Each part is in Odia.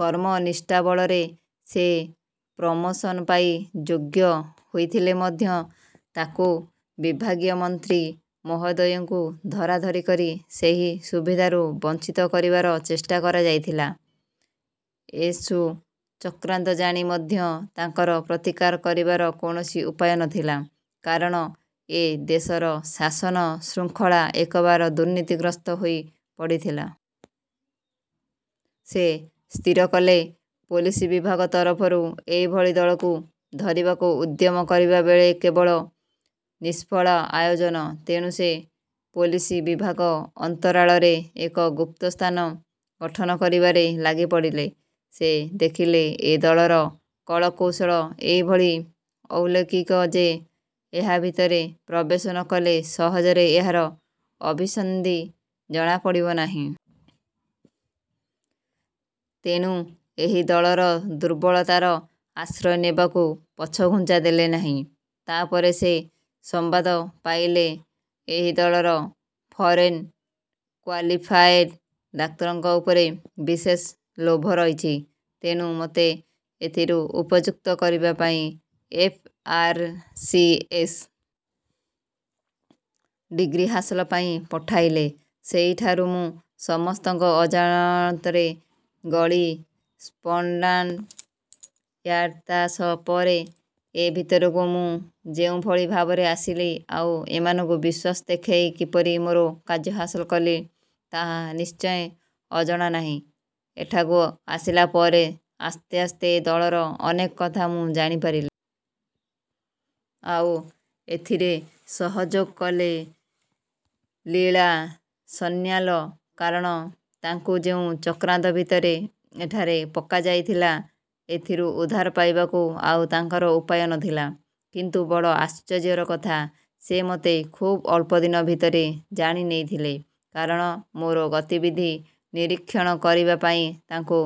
କର୍ମନିଷ୍ଠା ବଳରେ ସେ ପ୍ରମୋଶନ ପାଇଁ ଯୋଗ୍ୟ ହୋଇଥିଲେ ମଧ୍ୟ ତାଙ୍କୁ ବିଭାଗୀୟ ମନ୍ତ୍ରୀ ମହୋଦୟଙ୍କୁ ଧରାଧରି କରି ସେହି ସୁବିଧାରୁ। ବଞ୍ଚିତ କରିବାର ଚେଷ୍ଟା କରାଯାଇଥିଲା। ଏସ୍ବୁ ଚକ୍ରାନ୍ତ ଜାଣି ମଧ୍ୟ ତାଙ୍କର ପ୍ରତିକାର କରିବାର କୌଣସି ଉପାୟ ନ ଥିଲା। କାରଣ ଏ ଦେଶର ଶାସନ ଶୃଙ୍ଖଳା ଏକବାର ଦୁର୍ନୀତିଗ୍ରସ୍ତ ହୋଇ ପଡ଼ିଥିଲା। ସେ ସ୍ଥିର କଲେ, ପୋଲିସ ବିଭାଗ ତରଫରୁ ଏଭଳି ଦଳକୁ ଧରିବାର ଉଦ୍ୟମ କରିବା କେବଳ ନିଷ୍ଫଳ ଆୟୋଜନ। ତେଣୁ ସେ ପୋଲିସ ବିଭାଗ ଅନ୍ତରାଳରେ ଏକ ଗୁପ୍ତ ସଂସ୍ଥା ଗଠନ କରିବାରେ ଲାଗିପଡ଼ିଲେ। ସେ ଦେଖିଲେ ଏ ଦଳର କଳ କୌଶଳ ଏଭଳି ଅଲୌକିକ ଯେ, ଏହା ଭିତରେ ପ୍ରବେଶ ନ କଲେ ସହଜରେ ଏହାର ଅଭିସନ୍ଧି ଜଣାପଡ଼ିବ ନାହିଁ। ତେଣୁ ଏହି ଦଳର ଦୁର୍ବଳତାର ଆଶ୍ରୟ ନେବାକୁ ପଛଘୁଞ୍ଚା ଦେଲେ ନାହିଁ। ତା ପରେ ସେ ସମ୍ବାଦ ପାଇଲେ, ଏହି ଦଳର ଫରେନ୍ କ୍ୱାଲିଫାଏଡ୍ ଡାକ୍ତରଙ୍କ ଉପରେ ବିଶେଷ ଲୋଭ ରହିଛି। ତେଣୁ ମୋତେ ସେଥିରେ ଉପଯୁକ୍ତ କରିବା ପାଇଁ F. R. C. S. Degree ହାସଲ ପାଇଁ ପଠାଇଲେ। ସେହିଠାରୁ ମୁଁ ସମସ୍ତଙ୍କ ଅଜାଣତରେ ଗଳି ସ୍ମଟ୍ଲାଣ୍ଡ ୟାର୍ଡ଼। ତା ପରେ ଏ ଭିତରକୁ ମୁଁ ଯେଉଁଭଳି ଭାବରେ ଆସିଲି ଆଉ ଏମାନଙ୍କୁ ବିଶ୍ୱାସ ଦେଖାଇ କିପରି ମୋର କାର୍ଯ୍ୟ ହାସଲ କଲି, ତାହା ନିଶ୍ଚୟ ଅଜଣା ନାହିଁ। ଏଠାକୁ ଆସିଲା ପରେ ଆସ୍ତେ ଆସ୍ତେ ଏ ଦଳର ଅନେକ କଥା ମୁଁ ଜାଣିପାରିଲି। ଆଉ ସେଥିରେ ସହଯୋଗ କଲେ ଲୀଳା ସନ୍ନ୍ୟାଲ। କାରଣ, ତାଙ୍କୁ ଯେଉଁ ଚକ୍ରାନ୍ତ ଭିତରେ ଏଠାରେ ପକାଯାଇଥିଲା, ସେଥିରୁ ଉଦ୍ଧାର ପାଇବାକୁ ଆଉ ତାଙ୍କର ଉପାୟ ନ ଥିଲା। କିନ୍ତୁ ବଡ଼ ଆଶ୍ଚର୍ଯ୍ୟର କଥା, ସେ ମୋତେ ଖୁବ୍ ଅଳ୍ପଦିନ ଭିତରେ ଜାଣି ନେଇଥିଲେ। କାରଣ ମୋର ଗତିବିଧି ନିରୀକ୍ଷଣ କରିବା ପାଇଁ ତାଙ୍କୁ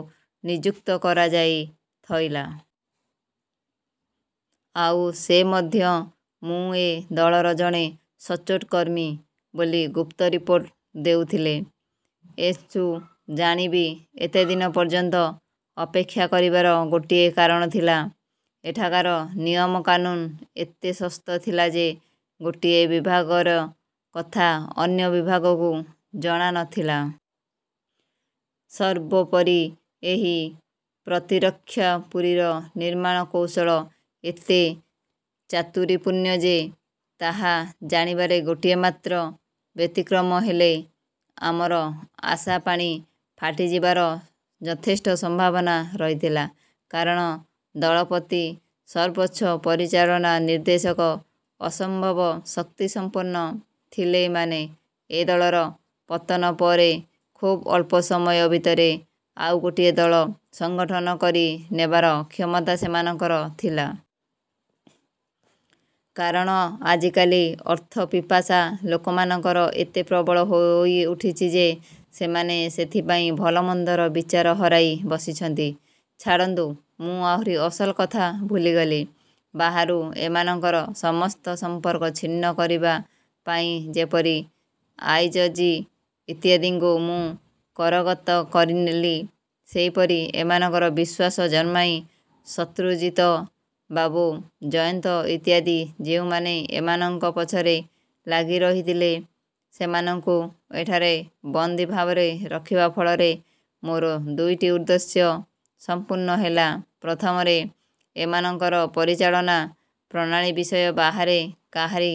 ନିଯୁକ୍ତ କରାଯାଇଥଇଲା। ଆଉ ସେ ମଧ୍ୟ ମୁଁ ଏ ଦଳର ଜଣେ ସଚ୍ଚୋଟ କର୍ମୀ ବୋଲି ଗୁପ୍ତ ରିପୋର୍ଟ ଦେଉଥିଲେ। ଏସ୍ବୁ ଜାଣି ବି ଏତେଦିନ ପର୍ଯ୍ୟନ୍ତ ଅପେକ୍ଷା କରିବାର ଗୋଟିଏ କାରଣ ଥିଲା। ଏଠାକାର ନିୟମ କାନୁନ ଏତେ ଶକ୍ତ ଥିଲା ଯେ, ଗୋଟିଏ ବିଭାଗର କଥା ଅନ୍ୟ ବିଭାଗକୁ ଜଣା ନ ଥିଲା। ସର୍ବୋପରି ଏହି ପ୍ରତିରକ୍ଷାପୁରୀର ନିର୍ମାଣ କୌଶଳ ଏତେ ଚାତୁରୀପୂର୍ଣ୍ଣ ଯେ, ତାହା ଜାଣିବାରେ ଟିକିଏ ମାତ୍ର ବ୍ୟତିକ୍ରମ ହେଲେ, ଆମର ଆଶା ପାଣି ଫାଟିଯିବାର ଯଥେଷ୍ଟ ସମ୍ବାବନା ରହିଥିଲା। କାରଣ ଦଳପତି ସର୍ବୋଚ୍ଚ ପରିଚାଳନା-ନିର୍ଦ୍ଦେଶକ। ଅସମ୍ବବ ଶକ୍ତିସଂପନ୍ନ ଥିଲେ ଏମାନେ। ଏ ଦଳର ପତନ ପରେ ଖୁବ୍ ଅଳ୍ପ ସମୟ ଭିତରେ ଆଉ ଗୋଟିଏ ଦଳ ସଂଗଠନ କରି ନେବାର କ୍ଷମତା ସେମାନଙ୍କର ଥିଲା। କାରଣ ଆଜିକାଲି ଅର୍ଥପିପାସା ଲୋକମାନଙ୍କର ଏତେ ପ୍ରବଳ ହୋଇଉଠିଛି ଯେ, ସେମାନେ ସେଥିପାଇଁ ଭଲମନ୍ଦର ବିଚାର ହରାଇ ବସିଛନ୍ତି। ଛାଡ଼ନ୍ତୁ, ମୁଁ ଆହୁରି ଅସଲ କଥା ଭୁଲିଗଲି। ବାହାରୁ ଏମାନଙ୍କର ସମସ୍ତ ସମ୍ପର୍କ ଛିନ୍ନ କରିବା ପାଇଁ ଯେପରି ଆଇଯ ଜି. ଇତ୍ୟାଦିଙ୍କୁ ମୁଁ କରଗତ କରିନେଲି, ସେହିପରି ଏମାନଙ୍କ ବିଶ୍ୱାସ ଜନ୍ମାଇ ଶତ୍ରୁଜିତ ବାବୁ, ଜୟନ୍ତ ଇତ୍ୟାଦି ଯେଉଁମାନେ ଏମାନଙ୍କ ପଛରେ ଲାଗିରହିଥିଲେ, ସେମାନଙ୍କୁ ଏଠାରେ ବନ୍ଦୀ ଭାବରେ ରଖିବା ଫଳରେ ମୋର ଦୁଇଟା ଉଦ୍ଦେଶ୍ୟ ସଂପୂର୍ଣ୍ଣ ହେଲା। ପ୍ରଥମରେ ଏମାନଙ୍କର ପରିଚାଳନା ପ୍ରଣାଳୀ ବିଷୟ ବାହାରେ କାହାରି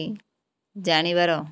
ଜାଣିବାର